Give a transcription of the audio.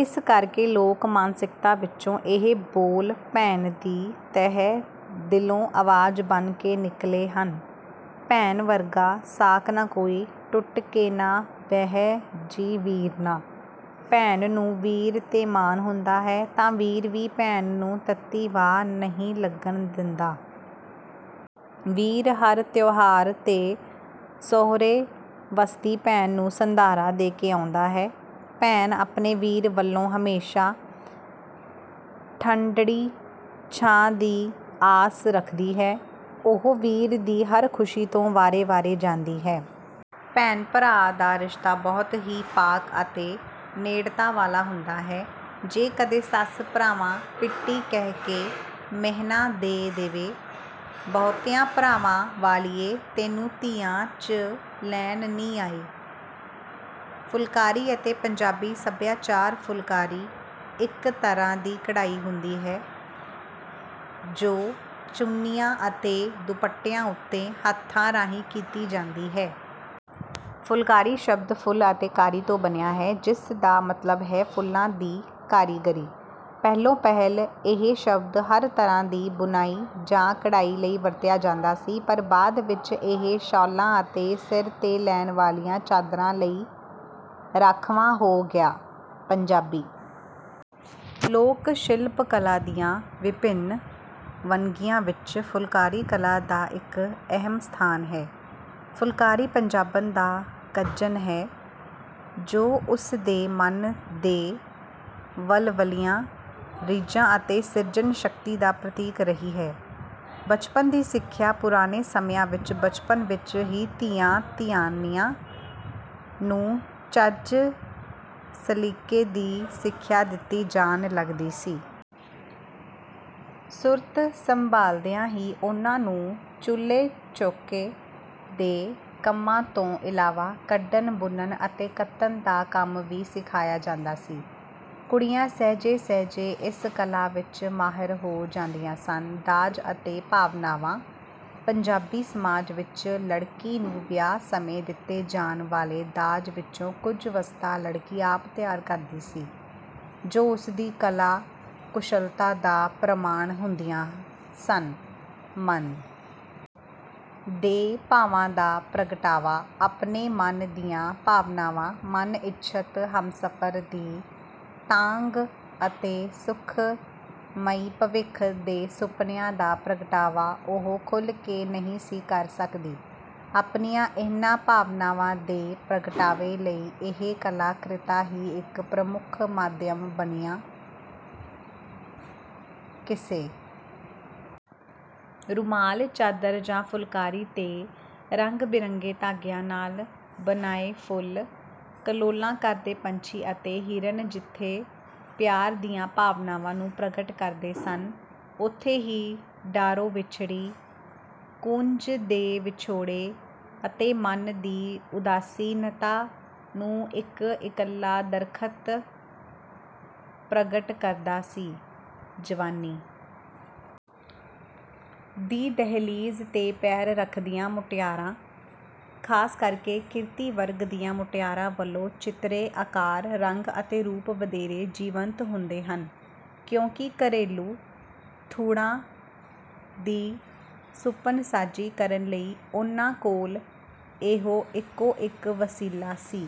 ਇਸੇ ਕਰਕੇ ਲੋਕ-ਮਾਨਸਿਕਤਾ ਵਿੱਚੋਂ ਇਹ ਬੋਲ ਭੈਣ ਦੀ ਤਹਿ ਦਿਲੋਂ ਆਵਾਜ਼ ਬਣ ਕੇ ਨਿਕਲੇ ਹਨ:"ਭੈਣ ਵਰਗਾ ਸਾਕ ਨਾ ਕੋਈ, ਟੁੱਟ ਕੇ ਨਾ ਬਹਿ ਜੀ ਵੀਰਨਾ।"ਭੈਣ ਨੂੰ ਵੀਰ 'ਤੇ ਮਾਣ ਹੁੰਦਾ ਹੈ, ਤਾਂ ਵੀਰ ਵੀ ਭੈਣ ਨੂੰ ਤੱਤੀ ਵਾਅ ਨਹੀਂ ਲੱਗਣ ਦਿੰਦਾ। ਵੀਰ ਹਰ ਤਿਉਹਾਰ 'ਤੇ ਸੋਹਰੇ ਵੱਸਦੀ ਭੈਣ ਨੂੰ ਸੰਧਾਰਾ ਦੇ ਕੇ ਆਉਂਦਾ ਹੈ। ਭੈਣ ਆਪਣੇ ਵੀਰ ਵੱਲੋਂ ਹਮੇਸ਼ਾ ਠੰਢੜੀ ਛਾਂ ਦੀ ਆਸ ਰੱਖਦੀ ਹੈ। ਉਹ ਵੀਰ ਦੀ ਹਰ ਖ਼ੁਸ਼ੀ ਤੋਂ ਵਾਰੇ-ਵਾਰੇ ਜਾਂਦੀ ਹੈ। ਭੈਣ-ਭਰਾ ਦਾ ਰਿਸ਼ਤਾ ਬਹੁਤ ਹੀ ਪਾਕ ਅਤੇ ਨੇੜਤਾ ਵਾਲਾ ਹੁੰਦਾ ਹੈ। ਜੇ ਕਦੇ ਸੱਸ 'ਭਰਾਵਾਂ ਪਿੱਟੀ' ਕਹਿ ਕੇ ਮਿਹਣਾ ਦੇ ਦੇਵੇ:"ਬਹੁਤਿਆਂ ਭਰਾਵਾਂ ਵਾਲੀਏ, ਤੈਨੂੰ ਤੀਆਂ 'ਚ ਲੈਣ ਨੀ ਆਏ।"ਫੁਲਕਾਰੀ ਅਤੇ ਪੰਜਾਬੀ ਸੱਭਿਆਚਾਰਫੁਲਕਾਰੀ ਇੱਕ ਤਰ੍ਹਾਂ ਦੀ ਕਢਾਈ ਹੁੰਦੀ ਹੈ, ਜੋ ਚੁੰਨੀਆਂ ਅਤੇ ਦੁਪੱਟਿਆਂ ਉੱਤੇ ਹੱਥਾਂ ਰਾਹੀਂ ਕੀਤੀ ਜਾਂਦੀ ਹੈ। ਫੁਲਕਾਰੀ ਸ਼ਬਦ 'ਫੁੱਲ' ਅਤੇ 'ਕਾਰੀ' ਤੋਂ ਬਣਿਆ ਹੈ, ਜਿਸ ਦਾ ਮਤਲਬ ਹੈ ਫੁੱਲਾਂ ਦੀ ਕਾਰੀਗਰੀ। ਪਹਿਲੋਂ-ਪਹਿਲ ਇਹ ਸ਼ਬਦ ਹਰ ਤਰ੍ਹਾਂ ਦੀ ਬੁਣਾਈ ਜਾਂ ਕਢਾਈ ਲਈ ਵਰਤਿਆ ਜਾਂਦਾ ਸੀ, ਪਰ ਬਾਅਦ ਵਿੱਚ ਇਹ ਸ਼ਾਲਾਂ ਅਤੇ ਸਿਰ 'ਤੇ ਲੈਣ ਵਾਲੀਆਂ ਚਾਦਰਾਂ ਲਈ ਰਾਖਵਾਂ ਹੋ ਗਿਆ। ਪੰਜਾਬੀ ਲੋਕ-ਸ਼ਿਲਪ ਕਲਾ ਦੀਆਂ ਵਿਭਿੰਨ ਵੰਨਗੀਆਂ ਵਿੱਚ ਫੁਲਕਾਰੀ ਕਲਾ ਦਾ ਇੱਕ ਅਹਿਮ ਸਥਾਨ ਹੈ। ਫੁਲਕਾਰੀ ਪੰਜਾਬਣ ਦਾ ਕੱਜਣ ਹੈ, ਜੋ ਉਸ ਦੇ ਮਨ ਦੇ ਵਲਵਲਿਆਂ, ਰੀਝਾਂ ਅਤੇ ਸਿਰਜਣ-ਸ਼ਕਤੀ ਦਾ ਪ੍ਰਤੀਕ ਰਹੀ ਹੈ। ਬਚਪਨ ਦੀ ਸਿੱਖਿਆ: ਪੁਰਾਣੇ ਸਮਿਆਂ ਵਿੱਚ ਬਚਪਨ ਵਿੱਚ ਹੀ ਧੀਆਂ-ਧਿਆਣੀਆਂ ਨੂੰ ਚੱਜ-ਸਲੀਕੇ ਦੀ ਸਿੱਖਿਆ ਦਿੱਤੀ ਜਾਣ ਲੱਗਦੀ ਸੀ। ਸੁਰਤ ਸੰਭਾਲਦਿਆਂ ਹੀ ਉਨ੍ਹਾਂ ਨੂੰ ਚੁੱਲ੍ਹੇ-ਚੌਂਕੇ ਦੇ ਕੰਮਾਂ ਤੋਂ ਇਲਾਵਾ ਕੱਢਣ, ਬੁਣਨ ਅਤੇ ਕੱਤਣ ਦਾ ਕੰਮ ਵੀ ਸਿਖਾਇਆ ਜਾਂਦਾ ਸੀ। ਕੁੜੀਆਂ ਸਹਿਜੇ-ਸਹਿਜੇ ਇਸ ਕਲਾ ਵਿੱਚ ਮਾਹਰ ਹੋ ਜਾਂਦੀਆਂ ਸਨ। ਦਾਜ ਅਤੇ ਭਾਵਨਾਵਾਂ: ਪੰਜਾਬੀ ਸਮਾਜ ਵਿੱਚ ਲੜਕੀ ਨੂੰ ਵਿਆਹ ਸਮੇਂ ਦਿੱਤੇ ਜਾਣ ਵਾਲੇ ਦਾਜ ਵਿੱਚੋਂ ਕੁਝ ਵਸਤਾਂ ਲੜਕੀ ਆਪ ਤਿਆਰ ਕਰਦੀ ਸੀ, ਜੋ ਉਸ ਦੀ ਕਲਾ-ਕੁਸ਼ਲਤਾ ਦਾ ਪ੍ਰਮਾਣ ਹੁੰਦੀਆਂ ਸਨ। ਮਨ ਦੇ ਭਾਵਾਂ ਦਾ ਪ੍ਰਗਟਾਵਾ: ਆਪਣੇ ਮਨ ਦੀਆਂ ਭਾਵਨਾਵਾਂ, ਮਨ-ਇੱਛਤ ਹਮਸਫ਼ਰ ਦੀ ਤਾਂਘ ਅਤੇ ਸੁਖਮਈ ਭਵਿੱਖ ਦੇ ਸੁਪਨਿਆਂ ਦਾ ਪ੍ਰਗਟਾਵਾ ਉਹ ਖੁੱਲ੍ਹ ਕੇ ਨਹੀਂ ਸੀ ਕਰ ਸਕਦੀ। ਆਪਣੀਆਂ ਇਹਨਾਂ ਭਾਵਨਾਵਾਂ ਦੇ ਪ੍ਰਗਟਾਵੇ ਲਈ ਇਹ ਕਲਾ-ਕ੍ਰਿਤਾਂ ਹੀ ਇੱਕ ਪ੍ਰਮੁੱਖ ਮਾਧਿਅਮ ਬਣੀਆਂ। ਕਿਸੇ ਰੁਮਾਲ, ਚਾਦਰ ਜਾਂ ਫੁਲਕਾਰੀ 'ਤੇ ਰੰਗ-ਬਿਰੰਗੇ ਧਾਗਿਆਂ ਨਾਲ ਬਣਾਏ ਫੁੱਲ, ਕਲੋਲਾਂ ਕਰਦੇ ਪੰਛੀ ਅਤੇ ਹਿਰਨ ਜਿੱਥੇ ਪਿਆਰ ਦੀਆਂ ਭਾਵਨਾਵਾਂ ਨੂੰ ਪ੍ਰਗਟ ਕਰਦੇ ਸਨ, ਉੱਥੇ ਹੀ ਡਾਰੋਂ ਵਿਛੜੀ ਕੂੰਜ ਦੇ ਵਿਛੋੜੇ ਅਤੇ ਮਨ ਦੀ ਉਦਾਸੀਨਤਾ ਨੂੰ ਇੱਕ ਇਕੱਲਾ ਦਰੱਖਤ ਪ੍ਰਗਟ ਕਰਦਾ ਸੀ। ਜਵਾਨੀ ਦੀ ਦਹਿਲੀਜ਼ 'ਤੇ ਪੈਰ ਰੱਖਦੀਆਂ ਮੁਟਿਆਰਾਂ—ਖਾਸ ਕਰਕੇ ਕਿਰਤੀ ਵਰਗ ਦੀਆਂ ਮੁਟਿਆਰਾਂ ਵੱਲੋਂ ਚਿੱਤਰੇ ਆਕਾਰ, ਰੰਗ ਅਤੇ ਰੂਪ ਵਧੇਰੇ ਜੀਵੰਤ ਹੁੰਦੇ ਹਨ, ਕਿਉਂਕਿ ਘਰੇਲੂ ਥੁੜ੍ਹਾਂ ਦੀ ਸੁਪਨਸਾਜ਼ੀ ਕਰਨ ਲਈ ਉਨ੍ਹਾਂ ਕੋਲ ਇਹੋ ਇੱਕੋ-ਇੱਕ ਵਸੀਲਾ ਸੀ।